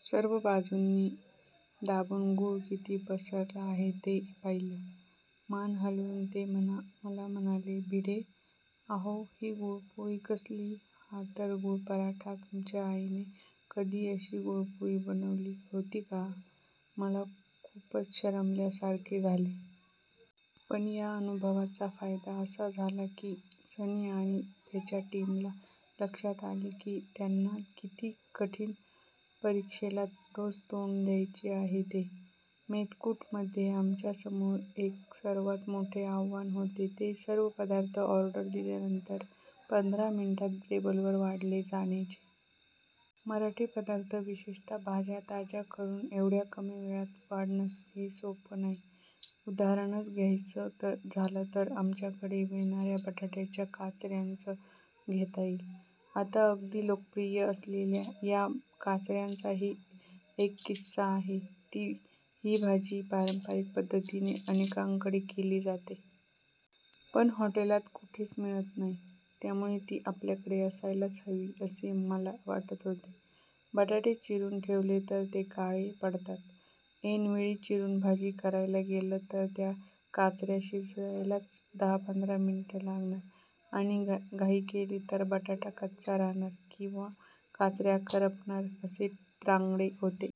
सर्व बाजूनी दाबून गूळ किती पसरला आहे ते पाहिले. मान हलवून ते मला म्हणाले, भिडे, आहो ही गूळपोळी कसली? हा तर गूळपराठा! तुमच्या आईने कधी अशी गूळपोळी बनवली होती का? मला खूपच शरमल्यासारखे झाले. पण या अनुभवाचा फायदा असा झाला की सनी आणि त्याच्या टीमला लक्षात आले की त्यांना किती कठीण परीक्षेला रोज तोंड द्यायचे आहे ते. मेतकूटमध्ये आमच्यासमोर एक सर्वात मोठे आव्हान होते ते सर्व पदार्थ ऑर्डर दिल्यानंतर पंधरा मिनिटात टेबलवर वाढले जाण्याचे. मराठी पदार्थ, विशेषतः भाज्या, ताज्या करून एवढ्या कमी वेळात वाढणं हे सोपं नाही. उदाहरणच घ्यायचं झालं तर आमच्याकडे मिळणाऱ्या बटाट्याच्या काचऱ्यांचं घेता येईल. आता अगदी लोकप्रिय असलेल्या या काचऱ्यांचाही एक किस्सा आहे. ही भाजी पारंपरिक पद्धतीने अनेकांकडे केली जाते. पण हॉटेलात कुठेच मिळत नाही. त्यामुळे ती आपल्याकडे असायलाच हवी असे आम्हाला वाटत होते. बटाटे चिरून ठेवले तर ते काळे पडतात. ऐनवेळी चिरून भाजी करायला गेलं तर त्या काचऱ्या शिजायलाच दहापंधरा मिनिटं लागणार आणि घाई केली तर बटाटा कच्चा राहणार किंवा काचऱ्या करपणार असे त्रांगडे होते.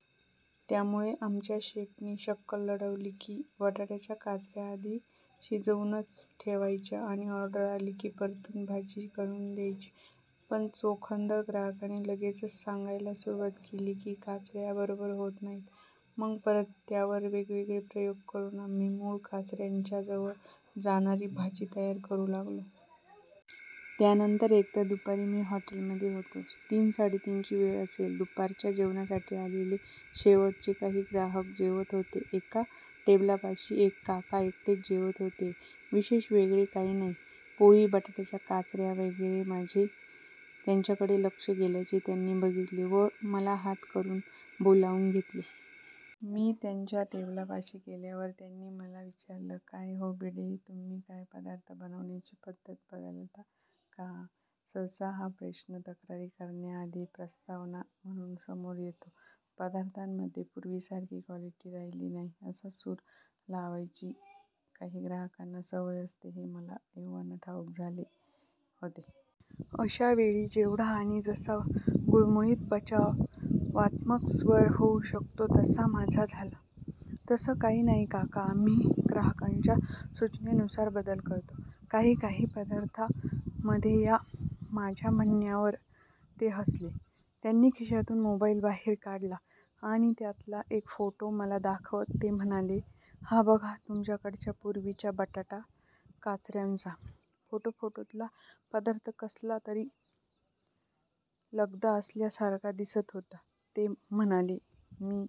त्यामुळे आमच्या शेफनी शक्कल लढवली की बटाट्याच्या काचऱ्या आधी शिजवूनच ठेवायच्या आणि ऑर्डर आली की परतून भाजी करून द्यायची. पण चोखंदळ ग्राहकांनी लगेचच सांगायला सुरुवात केली की काचऱ्या बरोबर होत नाहीत. मग परत त्यावर वेगवेगळे प्रयोग करून आम्ही मूळ काचऱ्यांच्या जवळ जाणारी भाजी तयार करू लागलो. त्यानंतर एकदा दुपारी मी हॉटेलमधे होतो. तीनसाडेतीनची वेळ असेल. दुपारच्या जेवणासाठी आलेले शेवटचे काही ग्राहक जेवत होते. एका टेबलपाशी एक काका एकटेच जेवत होते. विशेष वेगळे काही नाही. पोळी, बटाट्याच्या काचऱ्या वगैरे. माझे त्यांच्याकडे लक्ष गेल्याचे त्यांनी बघितले व मला हात करून बोलावून घेतले. मी त्यांच्या टेबलपाशी गेल्यावर त्यांनी मला विचारलं, काय हो भिडे, तुम्ही काय पदार्थ बनवण्याची पद्धत बदलता का? सहसा हा प्रश्न तक्रारी करण्याआधी प्रस्तावना म्हणून समोर येतो. 'पदार्थांमधे पुर्वीसारखी क्वालिटी राहीली नाही' असा सूर लावायची काही ग्राहकांना सवय असते हे मला एव्हाना ठाऊक झाले होते. अशावेळी जेवढा आणि जसा गुळमुळीत बचावात्मक स्वर होऊ शकतो तसा माझा झाला. तसं काही नाही काकाआम्ही ग्राहकाच्या सुचनेनुसार बदल करतो काही काही पदार्थांमधेया माझ्या म्हणण्यावर ते हसले. त्यांनी खिशातून मोबाईल बाहेर काढला आणि त्यातला एक फोटो मला दाखवत ते म्हणाले, हा बघा तुमच्याकडच्या पूर्वीच्या बटाटा काचऱ्यांचा फोटोफोटोतला पदार्थ कसला तरी लगदा असल्यासारखा दिसत होता. ते म्हणाले, मी